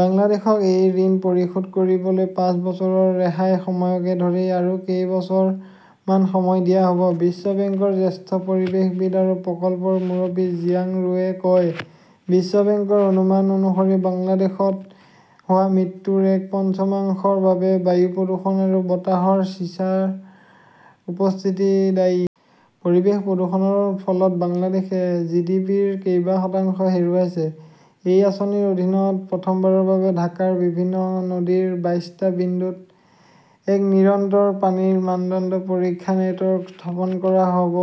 বাংলাদেশক এই ঋণ পৰিশোধ কৰিবলৈ পাঁচ বছৰৰ ৰেহাই সময়কে ধৰি আৰু কেইবছৰ মান সময় দিয়া হ'ব। বিশ্ব বেংকৰ জ্যেষ্ঠ পৰিৱেশবিদ আৰু প্ৰকল্পৰ মুৰব্বী জিয়াং ৰুৱে কয়, বিশ্ব বেংকৰ অনুমান অনুসৰি বাংলাদেশত হোৱা মৃত্যুৰ এক পঞ্চমাংশৰ বাবে বায়ু প্ৰদূষণ আৰু বতাহত চিছাৰ উপস্থিতি দায়ী। পৰিৱেশ প্ৰদূষণৰ ফলত বাংলাদেশে জিডিপিৰ কেইবা শতাংশ হেৰুৱাইছে। এই আঁচনিৰ অধীনত প্ৰথমবাৰৰ বাবে ঢাকাৰ বিভিন্ন নদীৰ বাইশটা বিন্দুত এক নিৰন্তৰ পানীৰ মানদণ্ড পৰীক্ষা নেটৱৰ্ক স্থাপন কৰা হ'ব।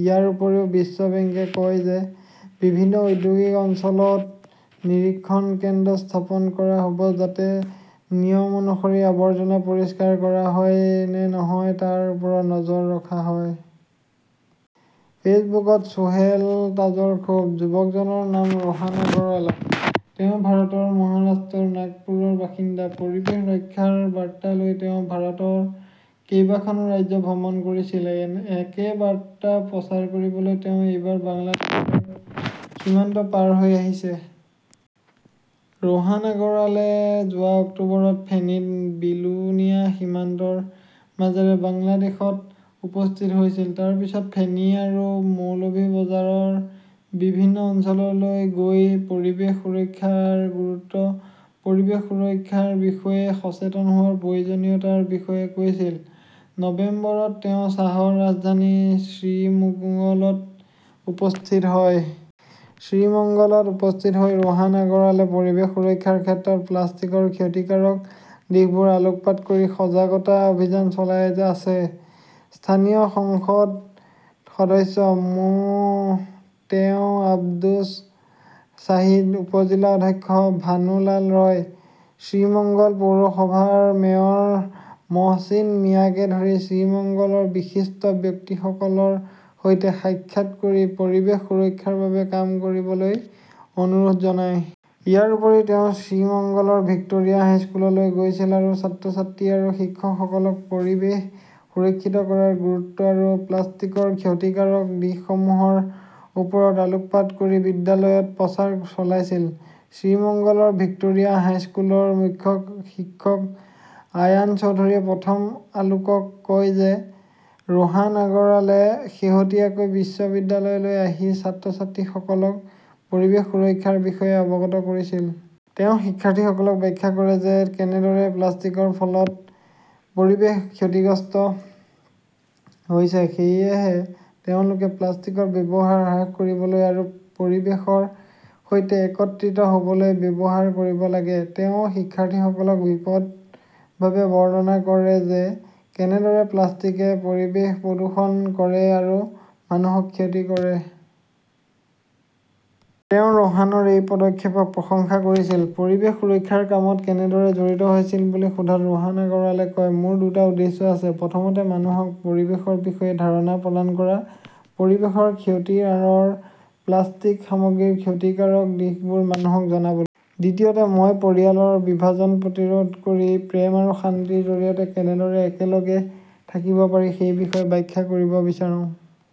ইয়াৰ উপৰিও বিশ্ব বেংকে কয় যে বিভিন্ন ঔদ্যোগিক অঞ্চলত নিৰীক্ষণ কেন্দ্ৰ স্থাপন কৰা হ'ব যাতে নিয়ম অনুসৰি আৱৰ্জনা পৰিষ্কাৰ কৰা হয় নে নহয় তাৰ ওপৰত নজৰ ৰখা হয়। ফেচবুকত চোহেল তাজৰ ক্ষোভ। যুৱকজনৰ নাম ৰোহান আগৰৱাল। তেওঁ ভাৰতৰ মহাৰাষ্ট্ৰৰ নাগপুৰৰ বাসিন্দা। পৰিৱেশ ৰক্ষাৰ বাৰ্তা লৈ তেওঁ ভাৰতৰ কেইবাখনো ৰাজ্য ভ্ৰমণ কৰিছিল। একে বাৰ্তা প্ৰচাৰ কৰিবলৈ তেওঁ এইবাৰ বাংলা সীমান্ত পাৰ হৈ আহিছে। ৰোহান আগৰৱালে যোৱা অক্টোবৰত ফেনীৰ বিলোনিয়া সীমান্তৰ মাজেৰে বাংলাদেশত উপস্থিত হৈছিল। তাৰ পিছত ফেনী আৰু মৌলভি বজাৰৰ বিভিন্ন অঞ্চললৈ গৈ পৰিৱেশ সুৰক্ষাৰ গুৰুত্ব, পৰিৱেশ সুৰক্ষাৰ বিষয়ে সচেতন হোৱাৰ প্ৰয়োজনীয়তাৰ বিষয়ে কৈছিল। নৱেম্বৰত তেওঁ চাহৰ ৰাজধানী শ্ৰীমুঙ্গলত উপস্থিত হয়। শ্ৰীমঙ্গলত উপস্থিত হৈ ৰোহান আগৰৱালে পৰিৱেশ সুৰক্ষাৰ ক্ষেত্ৰত প্লাষ্টিকৰ ক্ষতিকাৰক দিশবোৰ আলোকপাত কৰি সজাগতা অভিযান চলাই আছে। স্থানীয় সংসদ সদস্য মো. তেওঁ আব্দুছ শ্বাহিদ, উপ-জিলা অধ্যক্ষ ভানু লাল ৰয়, শ্ৰীমঙ্গল পৌৰসভাৰ মেয়ৰ মহচিন মিয়াকে ধৰি শ্ৰীমঙ্গলৰ বিশিষ্ট ব্যক্তিসকলৰ সৈতে সাক্ষাৎ কৰি পৰিৱেশ সুৰক্ষাৰ বাবে কাম কৰিবলৈ অনুৰোধ জনায়। ইয়াৰ উপৰিও তেওঁ শ্ৰীমঙ্গলৰ ভিক্টোৰিয়া হাইস্কুললৈ গৈছিল আৰু ছাত্ৰ-ছাত্ৰী আৰু শিক্ষকসকলক পৰিৱেশ সুৰক্ষিত কৰাৰ গুৰুত্ব আৰু প্লাষ্টিকৰ ক্ষতিকাৰক দিশসমূহৰ ওপৰত আলোকপাত কৰি বিদ্যালয়ত প্ৰচাৰ চলাইছিল। শ্ৰীমঙ্গলৰ ভিক্টোৰিয়া হাইস্কুলৰ মুখ্য শিক্ষক আয়ান চৌধুৰীয়ে প্ৰথম আলোকক কয় যে ৰোহান আগৰৱালে শেহতীয়াকৈ বিশ্ববিদ্যালয়লৈ আহি ছাত্ৰ-ছাত্ৰীসকলক পৰিৱেশ সুৰক্ষাৰ বিষয়ে অৱগত কৰিছিল। তেওঁ শিক্ষাৰ্থীসকলক ব্যাখ্যা কৰে যে কেনেদৰে প্লাষ্টিকৰ ফলত পৰিৱেশ ক্ষতিগ্ৰস্ত হৈছে। সেয়েহে তেওঁলোকে প্লাষ্টিকৰ ব্যৱহাৰ হ্ৰাস কৰিবলৈ আৰু পৰিৱেশৰ সৈতে একত্ৰিত হ'বলৈ ব্যৱহাৰ কৰিব লাগে। তেওঁ শিক্ষাৰ্থীসকলক বিশদভাৱে বৰ্ণনা কৰে যে কেনেদৰে প্লাষ্টিকে পৰিৱেশ প্ৰদূষণ কৰে আৰু মানুহক ক্ষতি কৰে। তেওঁ ৰোহানৰ এই পদক্ষেপক প্ৰশংসা কৰিছিল। পৰিৱেশ সুৰক্ষাৰ কামত কেনেদৰে জড়িত হৈছিল বুলি সোধাত ৰোহান আগৰৱালে কয়, মোৰ দুটা উদ্দেশ্য আছে। প্ৰথমতে, মানুহক পৰিৱেশৰ বিষয়ে ধাৰণা প্ৰদান কৰা। পৰিৱেশৰ ক্ষতিৰ আঁৰৰ প্লাষ্টিক সামগ্ৰীৰ ক্ষতিকাৰক দিশবোৰ মানুহক জনাবলৈ। দ্বিতীয়তে, মই পৰিয়ালৰ বিভাজন প্ৰতিৰোধ কৰি প্ৰেম আৰু শান্তিৰ জৰিয়তে কেনেদৰে একেলগে থাকিব পাৰি সেই বিষয়ে ব্যাখ্যা কৰিব বিচাৰো।